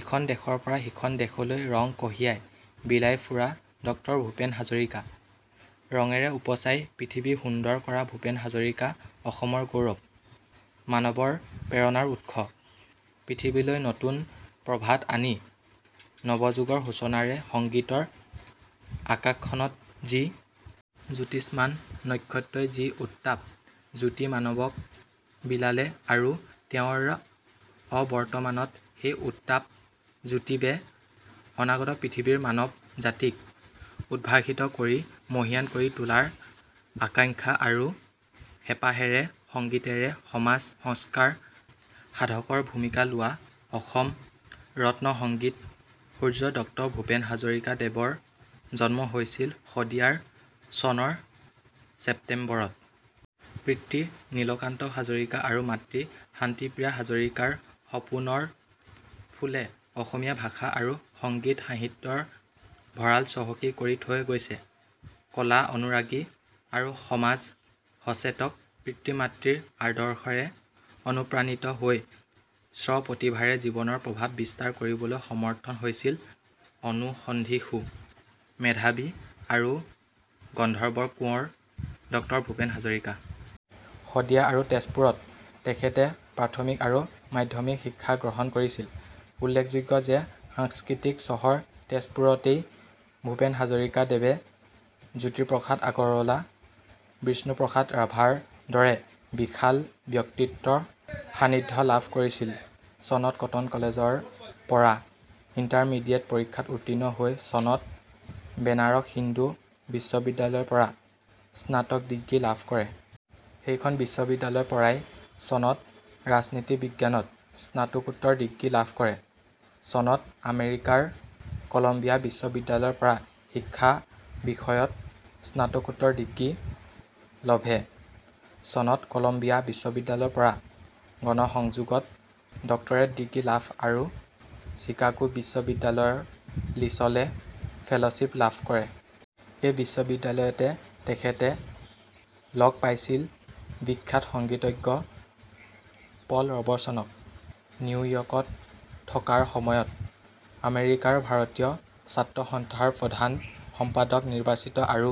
ইখন দেশৰ পৰা সিখন দেশলৈ ৰং কঢ়িয়াই, বিলাই ফুৰা ড ভূপেন হাজৰিকা। ৰঙেৰে উপচাই পৃথিৱী সুন্দৰ কৰা ভূপেন হাজৰিকা অসমৰ গৌৰৱ। মানৱৰ প্ৰেৰণাৰ উৎস। পৃথিৱীলৈ নতুন প্ৰভাত আনি নৱযুগৰ সূচনাৰে সংগীতৰ আকাশখনত যি জ্যোতিষ্মান নক্ষত্ৰই যি উত্তাপ-জ্যোতি মানৱক বিলালে আৰু তেওঁৰ অৱৰ্তমানত সেই উত্তাপ-জ্যোতিবে অনাগত পৃথিৱীৰ মানৱ জাতিক উদ্ভাসিত কৰি মহিয়ান কৰি তোলাৰ আকাংখ্যা আৰু হেঁপাহেৰে সংগীতেৰে সমাজ সংস্কাৰ সাধকৰ ভূমিকা লোৱা অসম ৰত্ন সংগীত সূৰ্য ড ভূপেন হাজৰিকাদেৱৰ জন্ম হৈছিল শদিয়াৰ চনৰ চেপ্তেম্বৰত। পিতৃ নীলকান্ত হাজৰিকা আৰু মাতৃ শান্তিপ্ৰিয়া হাজৰিকাৰ সপোনৰ ফুলে অসমীয়া ভাষা আৰু সংগীত সাহিত্যৰ ভঁড়াল চহকী কৰি থৈ গৈছে। কলা অনুৰাগী আৰু সমাজ সচেতক পিতৃ-মাতৃৰ আদৰ্শৰে অনুপ্ৰাণিত হৈ স্ব-প্ৰতিভাৰে জীৱনৰ প্ৰভাৱ বিস্তাৰ কৰিবলৈ সমৰ্থ হৈছিল অনুসন্ধিৎসু, মেধাৱী আৰু গন্ধৰ্ব কোঁৱৰ ড ভূপেন হাজৰিকা। শদিয়া আৰু তেজপুৰত তেখেতে প্ৰাথমিক আৰু মাধ্যমিক শিক্ষা গ্ৰহণ কৰিছিল। উল্লেখযোগ্য যে সাংস্কৃতিক চহৰ তেজপুৰতেই ভূপেন হাজৰিকাদেৱে জ্যোতিপ্ৰসাদ আগৰৱালা, বিষ্ণুপ্ৰসাদ ৰাভাৰ দৰে বিশাল ব্যক্তিত্বৰ সান্নিধ্য লাভ কৰিছিল। চনত কটন কলেজৰ পৰা ইণ্টাৰমিডিয়েট পৰীক্ষাত উত্তীৰ্ণ হৈ চনত বেনাৰস হিন্দু বিশ্ববিদ্যালয়ৰ পৰা স্নাতক ডিগ্ৰী লাভ কৰে। সেইখন বিশ্ববিদ্যালয়ৰ পৰাই চনত ৰাজনীতি বিজ্ঞানত স্নাতকোত্তৰ ডিগ্ৰী লাভ কৰে। চনত আমেৰিকাৰ কলম্বিয়া বিশ্ববিদ্যালয়ৰ পৰা শিক্ষা বিষয়ত স্নাতকোত্তৰ ডিগ্ৰী লভে! চনত কলম্বিয়া বিশ্ববিদ্যালয়ৰ পৰা গণসংযোগত ডক্টৰেট ডিগ্ৰী লাভ আৰু চিকাগো বিশ্ববিদ্যালয়ৰ লিছলে ফেল'শ্বিপ লাভ কৰে। এই বিশ্ববিদ্যালয়তে তেখেতে লগ পাইছিল বিখ্যাত সংগীতজ্ঞ 'পল ৰবচনক৷' নিউয়ৰ্কত থকাৰ সময়ত আমেৰিকাৰ ভাৰতীয় ছাত্ৰসস্থাৰ প্ৰধান সম্পাদক নিৰ্বাচিত আৰু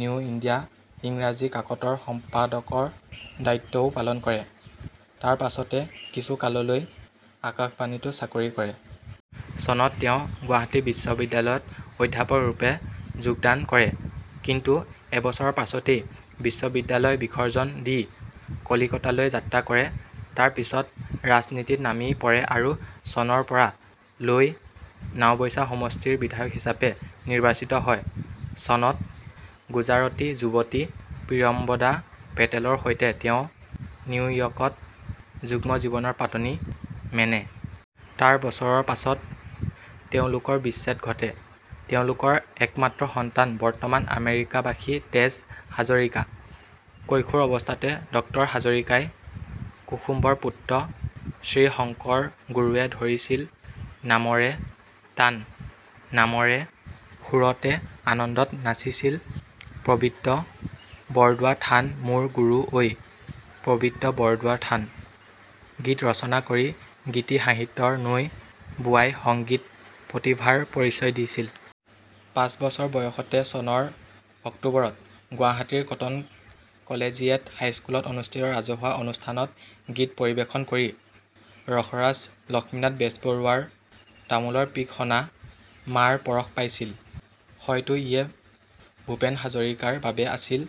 নিউ ইণ্ডিয়া ইংৰাজী কাকতৰ সম্পাদকৰ দায়িত্বও পালন কৰে। তাৰ পাচতে কিছুকাললৈ আকাশবাণীতো চাকৰি কৰে। চনত তেওঁ গুৱাহাটী বিশ্ববিদ্যালত অধ্যাপকৰূপে যোগদান কৰে। কিন্তু এবছৰৰ পাচতেই বিশ্ববিদ্যালয় বিসৰ্জন দি কলিকতালৈ যাত্ৰা কৰে। তাৰ পিছত ৰাজনীতিত নামি পৰে আৰু চনৰ পৰা লৈ নাওবৈছা সমষ্টিৰ বিধায়ক হিচাপে নিৰ্বাচিত হয়। চনত গুজাৰটী যুৱতী প্ৰিয়ম্বদা পেটেলৰ সৈতে তেওঁ নিউয়ৰ্কত যুগ্ম জীৱনৰ পাতনি মেনে! তাৰ বছৰৰ পাছত তেওঁলোকৰ বিচ্ছেদ ঘটে। তেওঁলোকৰ একমাত্ৰ সন্তান বৰ্তমান আমেৰিকাবাসী তেজ হাজৰিকা। কৈশোৰ অৱস্থাতে ড হাজৰিকাই 'কুসুম্বৰ পুত্ৰ শ্ৰীশংকৰ গুৰুৱে ধৰিছিল নামৰে তান, নামৰে সুৰতে আনন্দত নাচিছিল পৱিত্ৰ বৰদোৱা থান মোৰ গুৰু ঐ, পৱিত্ৰ বৰদোৱা থান' গীত ৰচনা কৰি গীতি সাহিত্যৰ নৈ বোৱাই সংগীত প্ৰতিভাৰ পৰিচয় দিছিল। পাচ বছৰ বয়সতে চনৰ অক্টোবৰত গুৱাহাটীৰ কটন কলেজিয়েট হাইস্কুলত অনুষ্ঠিত ৰাজহুৱা অনুষ্ঠানত গীত পৰিৱেশন কৰি ৰসৰাজ লক্ষ্মীনাথ বেজবৰুৱাৰ তামোলৰ পিক সনা মাৰ পৰশ পাইছিল। হয়তো ইয়ে ভূপেন হাজৰিকাৰ বাবে আছিল